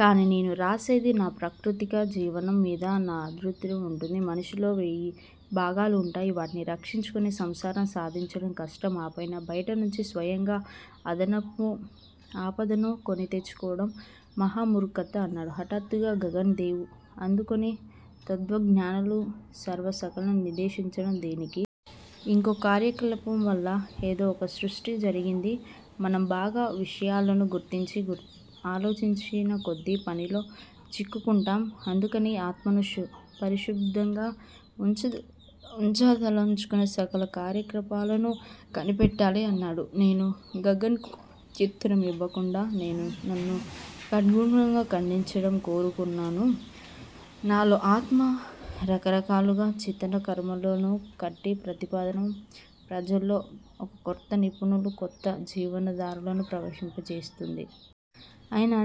కాని నేను రాసేది నా ప్రాకృతిక జీవనం మీద. నా ఆధిపత్యం వుంటుంది. మనిషిలో వేయి భాగాలు వుంటాయి. వాటిని రక్షించుకుని సంసారం సాగించడం కష్టం. ఆ పైన బయట నుంచి స్వయంగా ఆపదను కొని తెచ్చుకోవడం మహా మూర్ఖత అన్నాను. హఠాత్తుగా గగన్ దేవ్, అందుకని తత్వజ్ఞానుల ద్వారా సకలం నిషేధించడం దేనికి! యింకో కార్యకలాపం వల్ల ఏదో ఒక సృష్టి జరుగుతుంది. మనం భోగ విషయాలను గురించి ఆలోచించినకొద్దీ పనిలో చిక్కుకుంటాం. అందుకని ఆత్మను పరిశుద్దంగా వుంచదలచుకుంటే సకల కార్యకలాపాలను కట్టిపెట్టాలి అన్నాడు. నేను గగన్ కు ప్రత్యుత్తరం ఇవ్వకుండా, నేను నన్ను ఖండఖండాలుగా ఖండిచడం కోరుకోను. నాలో ఆత్మ రకరకాలుగా చింతన, కర్మల మాలను కట్టి ప్రతిదినం ప్రపంచంలో ఒకకొత్త నియమము ఒక కొత్త జీవనధారను ప్రవహింపజేస్తుంది. అయినా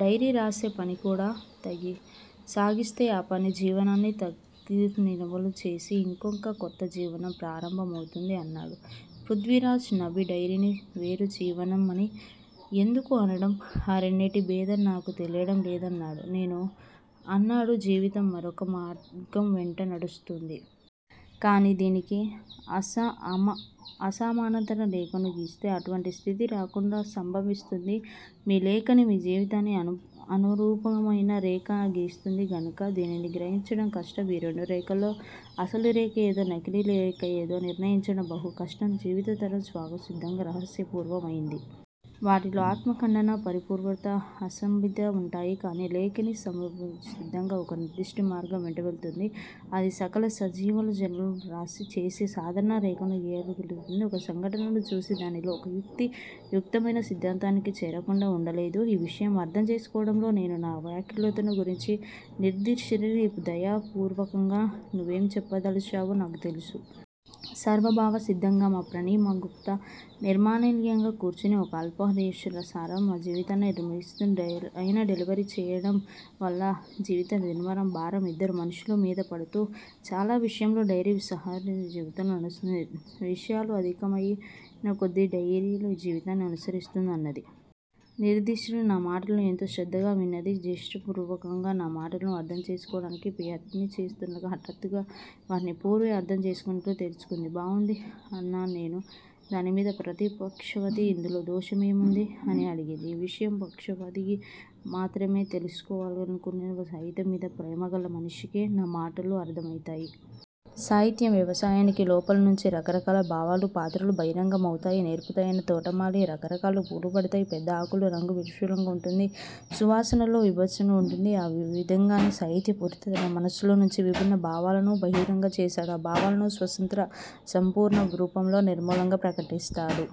డైరీ రాసే పనికూడా సాగిస్తే ఆ జీవనాన్ని తత్తునియలు చేసి యింకొక కొత్త జీవనం ప్రారంభమవుతుంది అన్నాను. పృద్వీరాజ్ నవ్వి డైరీని వేరు జీవనమని యెందుకు అనడం? ఆ రెంటి భేదం నాకూ తెలియడం లేదు అన్నాడు. నేను అన్నాను, జీవితం మరొక మార్గం వెంట నడుస్తూంటుంది. కాని దానికి సమానాంతర రేఖను గీస్తే అటువంటి స్థితి రావడం సంభవిస్తుంది. మీ లేఖని మీ జీవితానికి అనురూపమయిన రేఖనే గీస్తుంది గనక దీనిని గ్రహించడం కష్టం ఈ రెండు రేఖలలో అసలు రేఖ యేదో, నకిలీ రేఖ యేదో నిర్ణయించడం బహు కష్టం. జీవితగతి స్వబావ సిద్దంగా రహస్యపూర్ణమయింది. వానిలో ఆత్మఖండన, పూర్వాపర అసమంజత వుంటాయి. కాని లేఖిని స్వబావ సిద్దంగా ఒకనిర్దిష్ట మార్గం వెంట వెళుతుంది. అది సకల అసమంజతాలను సమానం చేసి ఒక సాధారణ రేఖను గీయగలుగుతుంది. ఒక ఘటనను చూసి దానిలో ఒకయుక్తి యుక్తమయిన సిద్దాంతానికి చేరకుండా వుడంలేదు. ఈ విషయం అర్దం చేసుకోవడంలో నేను నా వ్యాకులతను గాంచి నిర్ఘరిణి దయాపూర్వకంగా నువ్వేం చెప్పదలచావో నాకు తెలుసు. స్వభావ సిద్దంగా మా ప్రాణి మా గుప్త నిర్మాణాలయంలో కూర్చుని ఒక అపూర్వం నియమానుసారం మా జీవితాన్ని నిర్మిస్తుంది. అయినా డైరీ రాయడం వల్ల జీవిత నిర్మాణ భారం యిద్దరు మనుష్యుల మీద పడుతుంది. చాలా విషయాలలో డైరీని అనుసరించి జీవితం నడుస్తుంది. విషయాలు అధికమయినకొద్దీ డైరీయే జీవితాన్ని అనుసరిస్తుంది అన్నది. నిర్ఘరిణి నా మాటలను ఎంతో శ్రద్దగా విన్నది. చేష్టాపూర్వకముగా నా మాటలను అర్దం చేసుకోవడానికి యత్నిస్తూ హఠాత్తుగా వాటిని పూర్వమే అర్దం చేసుకున్నట్లు తెలుసుకుంది. బాగుంది అన్నానేను. దానిమీద ప్రకాశవతి, ఇందులో దోషమేముంది? అని అడిగింది. ఈ విషయం భుక్తభోగి మాత్రమే తెలుసుకోగల్గుతాడు. సాహిత్యం మీద ప్రేమగల మనిషికే నా మాటలు అర్దమవుతాయి. సాహిత్య వ్యవసాయానికి లోపలనుంచి రకరకాల భావాలు, పాత్రలు బహిర్గత మవుతాయి. నేర్పరియైన తోటమాలి రకరకాల పూలు పుడతాయి. పెద్ద ఆకుల రంగు విలక్షణంగా వుంటుంది. సువాసనలో విభిన్నత్వం వుంటుంది. ఆ విధంగానే సాహిత్య వ్యాపారి తన మనసులో నుంచి విబిన్న భావాలను బహిర్గతం చేస్తాడు. ఆ భావాలను స్వతంత్ర సంపూర్ణ రూపంలో నిర్మలంగా ప్రకటిస్తాడు.